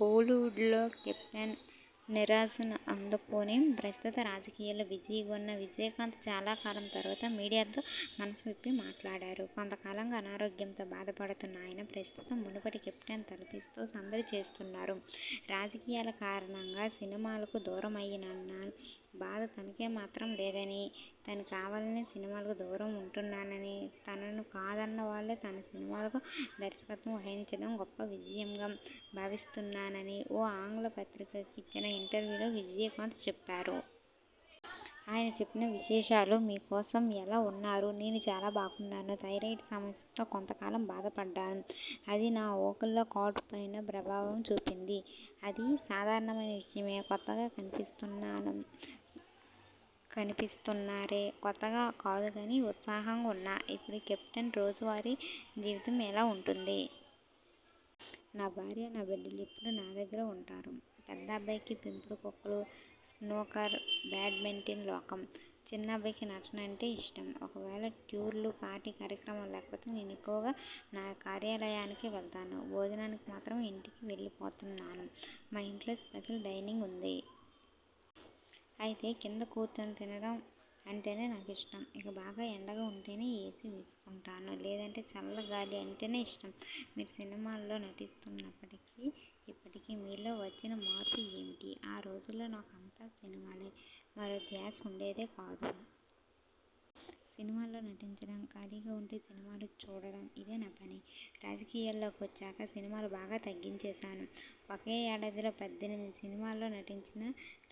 కోలీవుడ్లో కెప్టెన్గా నీరాజనాలందుకుని, ప్రస్తుతం రాజకీయాల్లో బిజీగా ఉన్న విజయకాంత్ చాలాకాలం తరువాత మీడియాతో మనసు విప్పి మాట్లాడారు. కొంతకాలంగా అనారోగ్యంతో బాధపడుతున్న ఆయన ప్రస్తుతం మునుపటి కెప్టెన్ని తలపిస్తూ సందడి చేస్తున్నారు. రాజకీయాల కారణంగా సినిమాలకు దూరమయ్యానన్న బాధ తనకేమాత్రం లేదని, తనే కావాలని సినిమాలకు దూరంగా ఉంటున్నానని, తనను కాదన్నవాళ్ళే తన సినిమాలకు దర్శకత్వం వహించడం గొప్ప విజయంగా భావిస్తానని ఓ ఆంగ్ల పత్రికకి ఇచ్చిన ఇంటర్వ్యూలో విజయకాంత్ చెప్పారు. ఆయన చెప్పిన విశేషాలు మీ కోసం ఎలా ఉన్నారు నేను చాలా బాగున్నాను. థైరాయిడ్ సమస్యతో కొంతకాలం బాధపడ్డాను. అది నా వోకల్ కార్డ్ పైన ప్రభావం చూపింది. అది సాధారణమైన విషయమే. కొత్తగా కనిపిస్తున్నారే. కొత్తగా కాదుగానీ, ఉత్సాహంగా ఉన్నా. ఇప్పుడు కెప్టెన్ రోజువారీ జీవితం ఎలా ఉంటోంది. నా భార్య, నా బిడ్డలు ఎప్పుడూ నా దగ్గరే ఉంటారు. పెద్దబ్బాయికి పెంపుడు కుక్కలు, స్నూకర్, బ్యాడ్మింటన్ లోకం. చిన్నబ్బాయికి నటన అంటే ఇష్టం. ఒకవేళ టూర్లు, పార్టీ కార్యక్రమాలు లేకపోతే నేను ఎక్కువగా నా కార్యాలయానికి వెళ్తాను. భోజనానికి మాత్రం ఇంటికి వెళ్లిపోతున్నాను. మా ఇంట్లో స్పెషల్ డైనింగ్ ఉంది. అయితే కింద కూర్చుని తినడం అంటేనే నాకిష్టం. ఇక బాగా ఎండగా ఉంటేనే ఏసీ వేసుకుంటాను. లేదంటే చల్లగాలి అంటేనే ఇష్టం. మీరు సినిమాల్లో నటిస్తున్నప్పటికీ, ఇప్పటికీ మీలో వచ్చిన మార్పు ఏమిటి ఆ రోజుల్లో నాకు అంతా సినిమాలే. మరో ధ్యాసే ఉండేది కాదు. సినిమాల్లో నటించడం, ఖాళీగా ఉంటే సినిమాలు చూడడం ఇదే నా పని. రాజకీయాల్లోకి వచ్చాక సినిమాలు బాగా తగ్గించేశాను. ఒకే ఏడాదిలో పద్దెనిమిది సినిమాల్లో నటించిన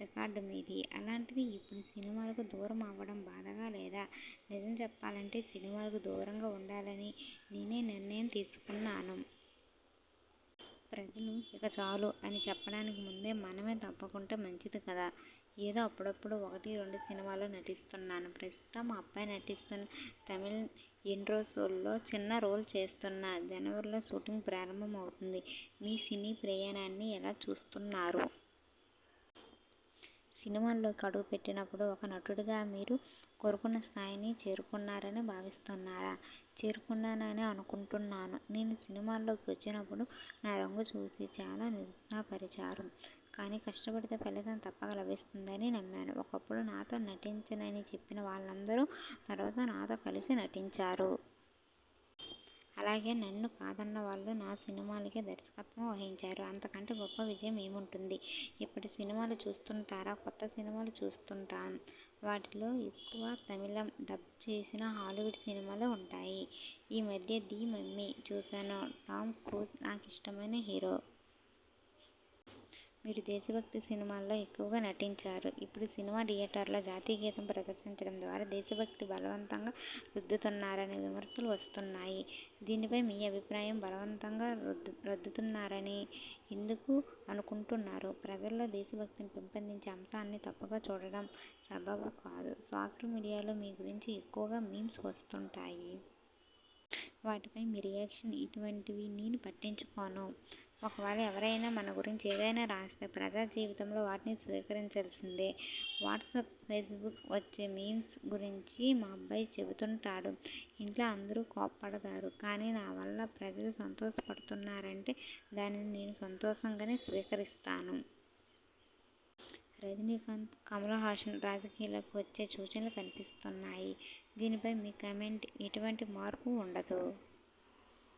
రికార్డు మీది. అలాంటిది ఇప్పుడు సినిమాలకు దూరమవ్వడం బాధగా లేదా నిజం చెప్పాలంటే సినిమాలకు దూరంగా ఉండాలని నేనే నిర్ణయం తీసుకున్నాను. ప్రజలు ఇక చాలు అని చెప్పడానికి ముందే మనమే తప్పుకుంటే మంచిది కదా. ఏదో అప్పుడప్పుడూ ఒకటి, రెండు సినిమాల్లో నటిస్తున్నాను. ప్రస్తుతం మా అబ్బాయి నటిస్తున్న 'తమిళన్ ఎండ్రు సొల్'లో చిన్న రోల్ చేస్తున్నా. జనవరిలో షూటింగ్ ప్రారంభమవుతుంది. మీ సినీప్రయాణాన్ని ఎలా చూస్తున్నారు. సినిమాల్లోకి అడుగుపెట్టినప్పుడు ఒక నటుడిగా మీరు కోరుకున్న స్థాయిని చేరుకున్నారని భావిస్తున్నారా చేరుకున్నాననే అనుకుంటున్నాను. నేను సినిమాల్లోకి వచ్చినప్పుడు నా రంగు చూసి చాలా నిరుత్సాహపరిచారు. కానీ, కష్టపడితే ఫలితం తప్పక లభిస్తుందని నమ్మాను. ఒకప్పుడు నాతో నటించనని చెప్పిన వాళ్లందరూ తరువాత నాతో కలిసి నటించారు. అలాగే నన్ను కాదన్నవాళ్లే నా సినిమాలకు దర్శకత్వం వహించారు. అంతకంటే గొప్ప విజయం ఏముంటుంది ఇప్పటి సినిమాలు చూస్తుంటారా కొత్త సినిమాలు చూస్తుంటాను. వాటిలో ఎక్కువ తమిళంలో డబ్ చేసిన హాలీవుడ్ సినిమాలే ఉంటాయి. ఈ మధ్య 'ది మమ్మీ' చూశాను. టామ్ క్రూజ్ నాకిష్టమైన హీరో. మీరు దేశభక్తి సినిమాల్లో ఎక్కువగా నటించారు. ఇప్పుడు సినిమా థియేటర్లలో జాతీయగీతం ప్రదర్శించడం ద్వారా దేశభక్తి బలవంతంగా రుద్దుతున్నారని విమర్శలు వస్తున్నాయి. దీనిపై మీ అభిప్రాయం బలవంతంగా రద్దుతున్నారని ఎందుకు అనుకుంటున్నారు? ప్రజల్లో దేశభక్తిని పెంపొందించే అంశాన్ని తప్పుగా చూడడం సబబు కాదు. సోషల్ మీడియాలో మీ గురించి ఎక్కువగా మీమ్స్ వస్తుంటాయి. వాటిపై మీ రియాక్షన్ ఇటువంటివి నేను పట్టించుకోను. ఒకవేళ ఎవరైనా మన గురించి ఏదైనా రాస్తే ప్రజా జీవితంలో వాటిని స్వీకరించాల్సిందే. వాట్సాప్, ఫేస్బుక్లో వచ్చే మీమ్స్ గురించి మా అబ్బాయి చెబుతుంటాడు. ఇంట్లో అందరూ కోప్పడతారు. కానీ, నావల్ల ప్రజలు సంతోషపడుతున్నారంటే దానిని నేనూ సంతోషంగానే స్వీకరిస్తాను. రజనీకాంత్, కమల్హాసన్ రాజకీయాల్లోకి వచ్చే సూచనలు కన్పిస్తున్నాయి. దీనిపై మీ కామెంట్ఎటువంటి మార్పూ ఉండదు.